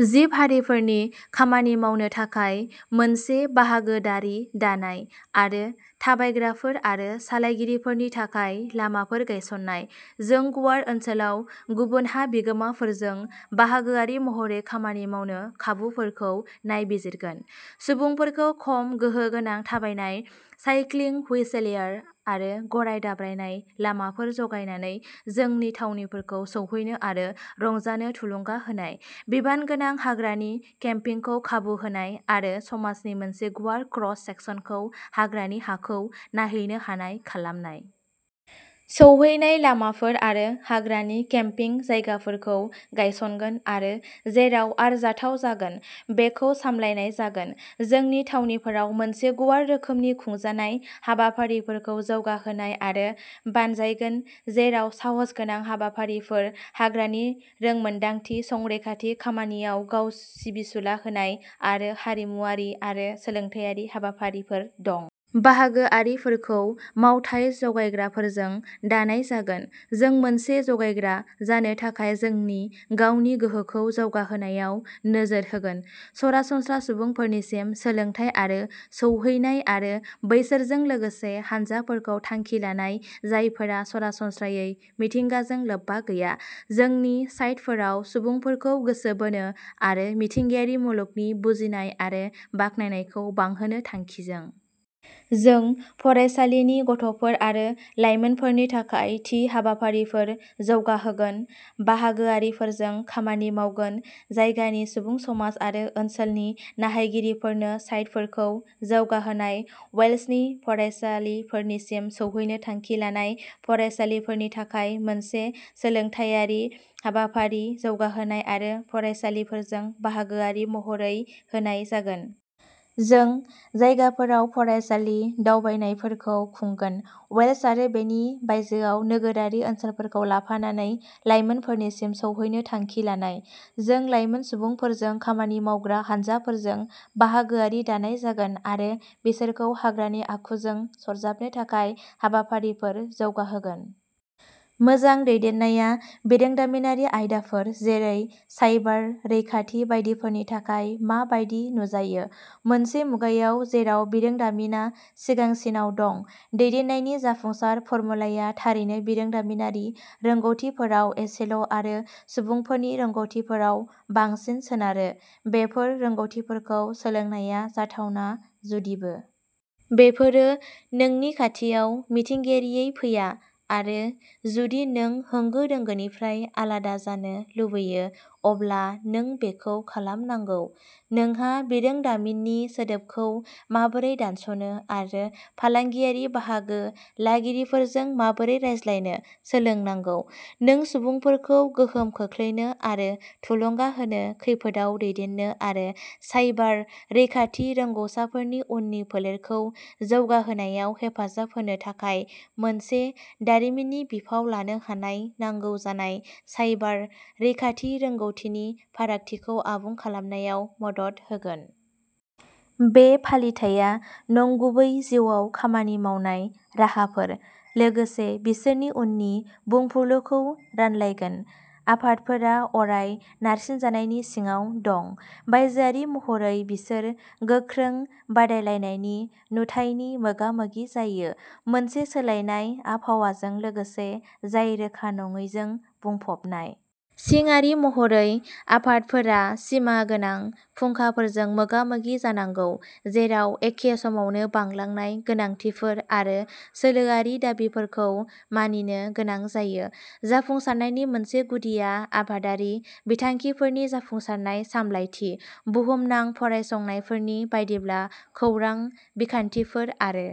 जिब-हारिफोरनि खामानि मावनो थाखाय मोनसे बाहागोदारि दानाय, आरो थाबायग्राफोर आरो सालायगिरिफोरनि थाखाय लामाफोर गायसन्नाय। जों गुवार ओनसोलाव गुबुन हा बिगोमाफोरजों बाहागोआरि महरै खामानि मावनो खाबुफोरखौ नायबिजिरगोन। सुबुंफोरखौ खम गोहोम गोनां थाबायनाय, साइक्लिं, हुइलचेयार आरो गराय दाब्रायनाय लामाफोर जगायनानै जोंनि थावनिफोरखौ सौहैनो आरो रंजानो थुलुंगा होनाय, बिबानगोनां हाग्रानि केम्पिंखौ खाबु होनाय आरो समाजनि मोनसे गुवार क्रस-सेकसनखौ हाग्रानि हाखौ नायहैनो हानाय खालामनाय। सौहैनाय लामाफोर आरो हाग्रानि केम्पिं जायगाफोरखौ गायसनगोन आरो जेराव आरजाथाव जागोन बेखौ सामलायनाय जागोन। जोंनि थावनिफोराव मोनसे गुवार रोखोमनि खुंजानाय हाबाफारिफोरखौ जौगाहोनाय आरो बानजायगोन, जेराव साहसगोनां हाबाफारिफोर, हाग्रानि रोंमोनदांथि, संरैखाथि खामानियाव गाव सिबिसुला होनाय, आरो हारिमुआरि आरो सोलोंथायारि हाबाफारिफोर दं। बाहागोआरिफोरखौ मावथाय जगायग्राफोरजों दानाय जागोन। जों मोनसे जगायग्रा जानो थाखाय जोंनि गावनि गोहोखौ जौगाहोनायाव नोजोर होगोन। सरासनस्रा सुबुंफोरनिसिम सोलोंथाय आरो सौहैनाय आरो बैसोरजों लोगोसे हानजाफोरखौ थांखि लानाय, जायफोरा सरासनस्रायै मिथिंगाजों लोब्बा गैया, जोंनि साइटफोराव सुबुंफोरखौ गोसो बोनो आरो मिथिंगायारि मुलुगनि बुजिनाय आरो बाख्नायनायखौ बांहोनो थांखिजों। जों फरायसालिनि गथ'फोर आरो लाइमोनफोरनि थाखाय थि हाबाफारिफोर जौगाहोगोन, बाहागोआरिफोरजों खामानि मावगोन। जायगानि सुबुं समाज आरो ओनसोलनि नायहैगिरिफोरनो साइटफोरखौ जौगाहोनाय। वेल्सनि फरायसालिफोरसिम सौहैनो थांखि लानाय। फरायसालिफोरनि थाखाय मोनसे सोलोंथायारि हाबाफारि जौगाहोनाय आरो फरायसालिफोरजों बाहागोआरि महरै होनाय जागोन। जों जायगाफोराव फरायसालि दावबायनायफोरखौ खुंगोन। वेल्स आरो बेनि बायजोआव नोगोरारि ओनसोलफोरखौ लाफानानै लाइमोनफोरसिम सौहैनो थांखि लानाय। जों लाइमोन सुबुंफोरजों खामानि मावग्रा हानजाफोरजों बाहागोआरि दानाय जागोन, आरो बिसोरखौ हाग्रानि आखुजों सरजाबनो थाखाय हाबाफारिफोर जौगाहोगोन। मोजां दैदेननाया बिरोंदामिनारि आयदाफोर, जेरै साइबार रैखाथि बायदिफोरनि थाखाय मा बायदि नुजायो? मोनसे मुगायाव जेराव बिरोंदामिनआ सिगांसिनाव दं, दैदेननायनि जाफुंसार फर्मुलाया थारैनो बिरोंदामिनारि रोंग'थिफोराव एसेल'आरो सुबुंफोरनि रोंग'थिफोराव बांसिन सोनारो। बेफोर रोंग'थिफोरखौ सोलोंनाया जाथावना, जुदिबो। बेफोरो नोंनि खाथियाव मिथिंगायारियै फैया, आरो जुदि नों होंगो-दोंगोनिफ्राय आलादा जानो लुबैयो, अब्ला नों बेखौ खालामनांगौ। नोंहा बिरोंदामिननि सोदोबखौ माबोरै दानस'नो आरो फालांगियारि बाहागो लागिरिफोरजों माबोरै रायज्लायनो सोलोंनांगौ। नों सुबुंफोरखौ गोहोम खोख्लैनो आरो थुलुंगा होनो, खैफोदआव दैदेननो आरो साइबार रैखाथि रोंग'सारफोरनि उननि फोलेरखौ जौगाहोनायाव हेफाजाब होनो थाखाय मोनसे दारिमिननि बिफाव लानो हानाय जानांगौ, जाय साइबार रैखाथि रोंग'थिनि फारागथिखौ आबुं खालामनायाव मदद होगोन। बे फालिथाइया नंगुबै जिउआव खामानि मावनाय राहाफोर, लोगोसे बिसोरनि उननि बुंफुरलुखौ रानलायगोन। आफादफोरा अराय नारसिनजानायनि सिङाव दं। बायजोआरि महरै, बिसोर गोख्रों बादायलायनायनि नुथायनि मोगा-मोगि जायो, मोनसे सोलायनाय आबहावाजों लोगोसे जाय रोखा नङैजों बुंफबनाय। सिंआरि महरै, आफादफोरा सिमागोनां फुंखाफोरजों मोगा-मोगि जानांगौ, जेराव एखे समावनो बांलांनाय गोनांथिफोर आरो सोलोआरि दाबिफोरखौ मानिनो गोनां जायो। जाफुंसारनायनि मोनसे गुदिआ आफादारि बिथांखिफोरनि जाफुंसार सामलायथि। बुहुमनां फरायसंनायफोरनि बायदिब्ला, खौरां बिखान्थिफोर आरो